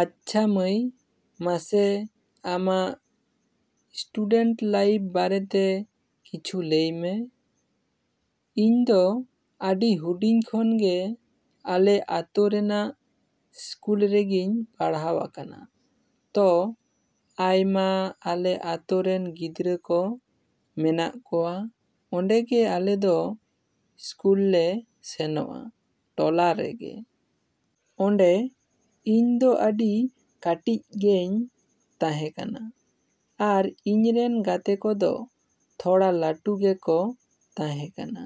‎ᱟᱪᱪᱷᱟ ᱢᱟᱹᱭ, ᱢᱟᱥᱮ ᱟᱢᱟᱜ ᱥᱴᱩᱰᱮᱱᱴ ᱞᱟᱭᱤᱯ ᱵᱟᱨᱮᱛᱮ ᱠᱤᱪᱷᱩ ᱞᱟᱹᱭ ᱢᱮ᱾ ᱤᱧ ᱫᱚ ᱟᱹᱰᱤ ᱦᱩᱰᱤᱧ ᱠᱷᱚᱱ ᱜᱮ ᱟᱞᱮ ᱟᱛᱳ ᱨᱮᱱᱟᱜ ᱤᱥᱠᱩᱞ ᱨᱮᱜᱮᱧ ᱯᱟᱲᱦᱟᱣ ᱟᱠᱟᱱᱟ᱾ ᱛᱚ ᱟᱭᱢᱟ ᱟᱞᱮ ᱟᱛᱳᱨᱮᱱ ᱜᱤᱫᱽᱨᱟᱹ ᱠᱚ ᱢᱮᱱᱟᱜ ᱠᱚᱣᱟ ᱚᱸᱰᱮ ᱜᱮ ᱟᱞᱮ ᱫᱚ ᱤᱥᱠᱩᱞ ᱞᱮ ᱥᱮᱱᱚᱜᱼᱟ ᱴᱚᱞᱟ ᱨᱮᱜᱮ᱾ ᱚᱸᱰᱮ ᱤᱧ ᱫᱚ ᱟᱹᱰᱤ ᱠᱟᱴᱤᱡ ᱜᱮᱧ ᱛᱟᱦᱮᱸ ᱠᱟᱱᱟ ᱟᱨ ᱤᱧ ᱨᱮᱱ ᱜᱟᱛᱮ ᱠᱚᱫᱚ ᱛᱷᱚᱲᱟ ᱞᱟᱹᱴᱩ ᱜᱮᱠᱚ ᱛᱟᱦᱮᱸ ᱠᱟᱱᱟ᱾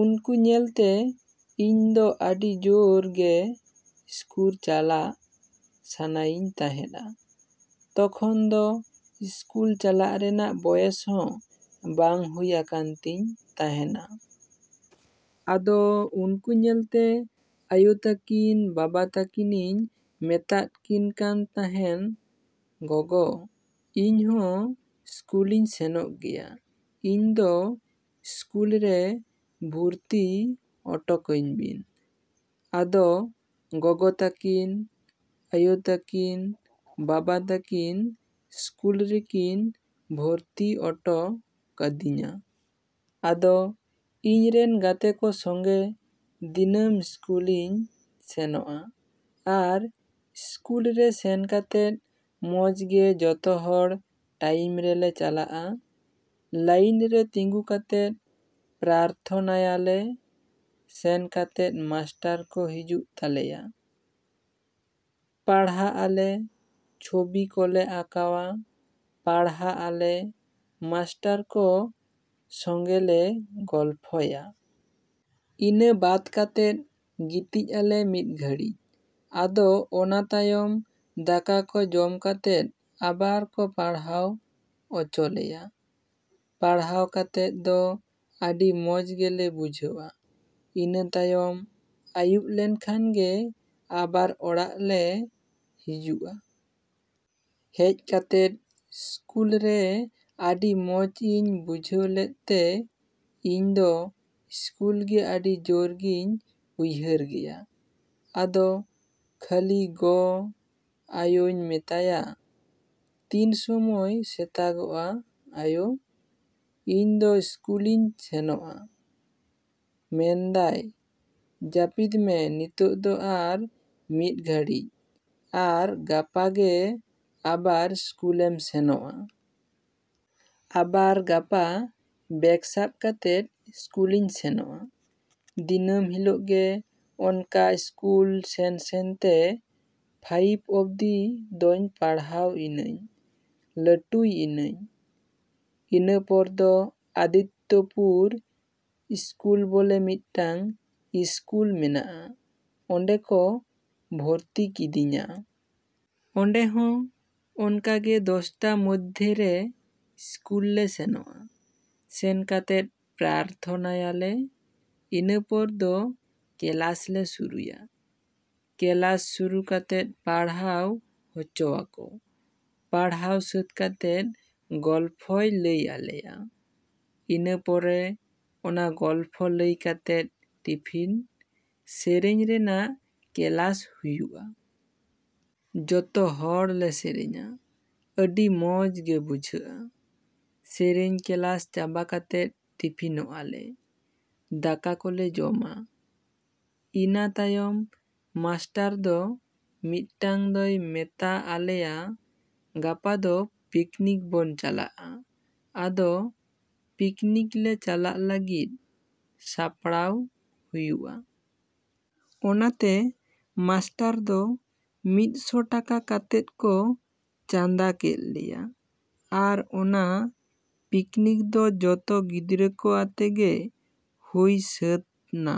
ᱩᱱᱠᱩ ᱧᱮᱞ ᱛᱮ ᱤᱧ ᱫᱚ ᱟᱹᱰᱤ ᱡᱳᱨ ᱜᱮ ᱤᱥᱠᱩᱞ ᱪᱟᱞᱟᱜ ᱥᱟᱱᱟᱭᱤᱧ ᱛᱟᱦᱮᱸᱫᱼᱟ᱾ ᱛᱚᱠᱷᱚᱱ ᱫᱚ ᱥᱠᱩᱞ ᱪᱟᱞᱟᱜ ᱨᱮᱱᱟᱜ ᱵᱚᱭᱮᱥ ᱦᱚᱸ ᱵᱟᱝ ᱦᱩᱭ ᱟᱠᱟᱱ ᱛᱤᱧ ᱛᱟᱦᱮᱸᱱᱟ᱾ ᱟᱫᱚ ᱩᱱᱠᱩ ᱧᱮᱞ ᱛᱮ ᱟᱭᱳ ᱛᱟᱹᱠᱤᱱ, ᱵᱟᱵᱟ ᱛᱟᱹᱠᱤᱱᱤᱧ ᱢᱮᱛᱟᱫ ᱠᱤᱱᱠᱟᱱ ᱛᱟᱦᱮᱸᱱ, "ᱜᱚᱜᱚ, ᱤᱧ ᱦᱚᱸ ᱥᱠᱩᱞᱤᱧ ᱥᱮᱱᱚᱜ ᱜᱮᱭᱟ, ᱤᱧ ᱫᱚ ᱥᱠᱩᱞ ᱨᱮ ᱵᱷᱩᱨᱛᱤ ᱚᱴᱚ ᱠᱟᱹᱧ ᱵᱤᱱ ᱾" ᱟᱫᱚ ᱜᱚᱜᱚ ᱛᱟᱹᱠᱤᱱ, ᱟᱭᱳ ᱛᱟᱹᱠᱤᱱ, ᱵᱟᱵᱟ ᱛᱟᱹᱠᱤᱱ ᱥᱠᱩᱞ ᱨᱮᱠᱤᱱ ᱵᱷᱚᱨᱛᱤ ᱚᱴᱚ ᱠᱟᱹᱫᱤᱧᱟ᱾ ᱟᱫᱚ ᱤᱧ ᱨᱮᱱ ᱜᱟᱛᱮ ᱠᱚ ᱥᱚᱸᱜᱮ ᱫᱤᱱᱟᱹᱢ ᱥᱠᱩᱞᱤᱧ ᱥᱮᱱᱚᱜᱼᱟ᱾ ᱟᱨ ᱥᱠᱩᱞ ᱨᱮ ᱥᱮᱱ ᱠᱟᱛᱮᱫ ᱢᱚᱸᱡᱽ ᱜᱮ ᱡᱚᱛᱚ ᱦᱚᱲ ᱴᱟᱭᱤᱢ ᱨᱮᱞᱮ ᱪᱟᱞᱟᱜᱼᱟ᱾ ᱞᱟᱹᱭᱤᱱ ᱨᱮ ᱛᱤᱸᱜᱩ ᱠᱟᱛᱮᱫ ᱯᱨᱟᱨᱛᱷᱚᱱᱟᱭᱟᱞᱮ, ᱥᱮᱱ ᱠᱟᱛᱮᱫ ᱢᱟᱥᱴᱟᱨ ᱠᱚ ᱦᱤᱡᱩᱜ ᱛᱟᱞᱮᱭᱟ᱾ ᱯᱟᱲᱦᱟᱜ ᱟᱞᱮ, ᱪᱷᱚᱵᱤ ᱠᱚᱞᱮ ᱟᱸᱠᱟᱣᱟ, ᱯᱟᱲᱦᱟᱜ ᱟᱞᱮ, ᱢᱟᱥᱴᱟᱨ ᱠᱚ ᱥᱚᱸᱜᱮ ᱞᱮ ᱜᱚᱞᱯᱷᱚᱭᱟ᱾ ᱤᱱᱟᱹ ᱵᱟᱫᱽ ᱠᱟᱛᱮᱫ ᱜᱤᱛᱤᱡ ᱟᱞᱮ ᱢᱤᱫ ᱜᱷᱟᱹᱲᱤᱡ᱾ ᱟᱫᱚ ᱚᱱᱟ ᱛᱟᱭᱚᱢ ᱫᱟᱠᱟ ᱠᱚ ᱡᱚᱢ ᱠᱟᱛᱮᱫ ᱟᱵᱟᱨ ᱠᱚ ᱯᱟᱲᱦᱟᱣ ᱚᱪᱚ ᱞᱮᱭᱟ᱾ ᱯᱟᱲᱦᱟᱣ ᱠᱟᱛᱮᱫ ᱫᱚ ᱟᱹᱰᱤ ᱢᱚᱸᱡᱽ ᱜᱮᱞᱮ ᱵᱩᱡᱷᱟᱹᱣᱼᱟ᱾ ᱤᱱᱟᱹ ᱛᱟᱭᱚᱢ ᱟᱭᱩᱵ ᱞᱮᱱ ᱠᱷᱟᱱ ᱜᱮ ᱟᱵᱟᱨ ᱚᱲᱟᱜ ᱞᱮ ᱦᱤᱡᱩᱜᱼᱟ᱾ ᱦᱮᱡ ᱠᱟᱛᱮᱫ ᱥᱠᱩᱞ ᱨᱮ ᱟᱹᱰᱤ ᱢᱚᱸᱡᱽ ᱤᱧ ᱵᱩᱡᱷᱟᱹᱣ ᱞᱮᱫ ᱛᱮ ᱤᱧ ᱫᱚ ᱥᱠᱩᱞ ᱜᱮ ᱟᱹᱰᱤ ᱡᱳᱨ ᱜᱮᱧ ᱩᱭᱦᱟᱹᱨ ᱜᱮᱭᱟ᱾ ᱟᱫᱚ ᱠᱷᱟᱹᱞᱤ ᱜᱚ, ᱟᱭᱳᱧ ᱢᱮᱛᱟᱭᱟ, "ᱛᱤᱱ ᱥᱚᱢᱚᱭ ᱥᱮᱛᱟᱜᱚᱜᱼᱟ ᱟᱭᱳ? ᱤᱧ ᱫᱚ ᱥᱠᱩᱞᱤᱧ ᱥᱮᱱᱚᱜᱼᱟ᱾" ᱢᱮᱱ ᱫᱟᱭ, "ᱡᱟᱯᱤᱛ ᱢᱮ ᱱᱤᱛᱚᱜ ᱫᱚ ᱟᱨ ᱢᱤᱫ ᱜᱷᱟᱹᱲᱤᱡ, ᱟᱨ ᱜᱟᱯᱟ ᱜᱮ ᱟᱵᱟᱨ ᱥᱠᱩᱞᱮᱢ ᱥᱮᱱᱚᱜᱼᱟ᱾" ᱟᱵᱟᱨ ᱜᱟᱯᱟ ᱵᱮᱜᱽ ᱥᱟᱵ ᱠᱟᱛᱮᱫ ᱥᱠᱩᱞᱤᱧ ᱥᱮᱱᱚᱜᱼᱟ᱾ ᱫᱤᱱᱟᱹᱢ ᱦᱤᱞᱳᱜ ᱜᱮ ᱚᱱᱠᱟ ᱥᱠᱩᱞ ᱥᱮᱱᱼᱥᱮᱱ ᱛᱮ ᱯᱷᱟᱭᱤᱵ ᱚᱵᱽᱫᱤ ᱫᱚᱧ ᱯᱟᱲᱦᱟᱣ ᱤᱱᱟᱹᱧ ᱞᱟᱹᱴᱩᱭ ᱤᱱᱟᱹᱧ᱾ ᱤᱱᱟᱹ ᱯᱚᱨ ᱫᱚ ᱟᱫᱤᱛᱛᱚᱯᱩᱨ ᱥᱠᱩᱞ ᱵᱚᱞᱮ ᱢᱤᱫᱴᱮᱱ ᱤᱥᱠᱩᱞ ᱢᱮᱱᱟᱜᱼᱟ᱾ ᱚᱸᱰᱮ ᱠᱚ ᱵᱷᱚᱨᱛᱤ ᱠᱤᱫᱤᱧᱟ᱾ ᱚᱸᱰᱮ ᱦᱚᱸ ᱚᱱᱠᱟ ᱜᱮ ᱫᱚᱥᱴᱟ ᱢᱚᱫᱽᱫᱷᱮ ᱨᱮ ᱥᱠᱩᱞ ᱞᱮ ᱥᱮᱱᱚᱜᱼᱟ᱾ ᱥᱮᱱ ᱠᱟᱛᱮᱫ ᱯᱨᱟᱨᱛᱷᱚᱱᱟᱭᱟᱞᱮ᱾ ᱤᱱᱟᱹᱯᱚᱨ ᱫᱚ ᱠᱮᱞᱟᱥ ᱞᱮ ᱥᱩᱨᱩᱭᱟ᱾ ᱠᱮᱞᱟᱥ ᱥᱩᱨᱩ ᱠᱟᱛᱮᱫ ᱯᱟᱲᱦᱟᱣ ᱦᱚᱪᱚᱣᱟᱠᱚ᱾ ᱯᱟᱲᱦᱟᱣ ᱥᱟᱹᱛ ᱠᱟᱛᱮᱫ ᱜᱚᱞᱯᱷᱚᱭ ᱞᱟᱹᱭ ᱟᱞᱮᱭᱟ᱾ ᱤᱱᱟᱹ ᱯᱚᱨᱮ ᱚᱱᱟ ᱜᱚᱞᱯᱷᱚ ᱞᱟᱹᱭ ᱠᱟᱛᱮᱫ ᱴᱤᱯᱷᱤᱱ ᱥᱮᱨᱮᱧ ᱨᱮᱱᱟᱜ ᱠᱮᱞᱟᱥ ᱦᱩᱭᱩᱜᱼᱟ᱾ ᱡᱚᱛᱚ ᱦᱚᱲ ᱞᱮ ᱥᱮᱨᱮᱧᱟ᱾ ᱟᱹᱰᱤ ᱢᱚᱸᱡᱽ ᱜᱮ ᱵᱩᱡᱷᱟᱹᱜᱼᱟ᱾ ᱥᱮᱨᱮᱧ ᱠᱮᱞᱟᱥ ᱪᱟᱵᱟ ᱠᱟᱛᱮᱫ ᱴᱤᱯᱷᱤᱱᱚᱜ ᱟᱞᱮ᱾ ᱫᱟᱠᱟ ᱠᱚᱞᱮ ᱡᱚᱢᱟ᱾ ᱤᱱᱟ ᱛᱟᱭᱚᱢ ᱢᱟᱥᱴᱟᱨ ᱫᱚ ᱢᱤᱫᱴᱟᱝ ᱫᱚᱭ ᱢᱮᱛᱟ ᱟᱞᱮᱭᱟ, "ᱜᱟᱯᱟ ᱫᱚ ᱯᱤᱠᱱᱤᱠ ᱵᱚᱱ ᱪᱟᱞᱟᱜᱼᱟ᱾" ᱟᱫᱚ ᱯᱤᱠᱱᱤᱠ ᱞᱮ ᱪᱟᱞᱟᱜ ᱞᱟᱹᱜᱤᱫ ᱥᱟᱯᱲᱟᱣ ᱦᱩᱭᱩᱜᱼᱟ᱾ ᱚᱱᱟᱛᱮ ᱢᱟᱥᱴᱟᱨ ᱫᱚ ᱢᱤᱫ ᱥᱚ ᱴᱟᱠᱟ ᱠᱟᱛᱮᱫ ᱠᱚ ᱪᱟᱸᱫᱟ ᱠᱮᱫ ᱞᱮᱭᱟ᱾ ᱟᱨ ᱚᱱᱟ ᱯᱤᱠᱱᱤᱠ ᱫᱚ ᱡᱚᱛᱚ ᱜᱤᱫᱽᱨᱟᱹ ᱠᱚ ᱟᱛᱮ ᱜᱮ ᱦᱩᱭ ᱥᱟ.ᱛ ᱱᱟ᱾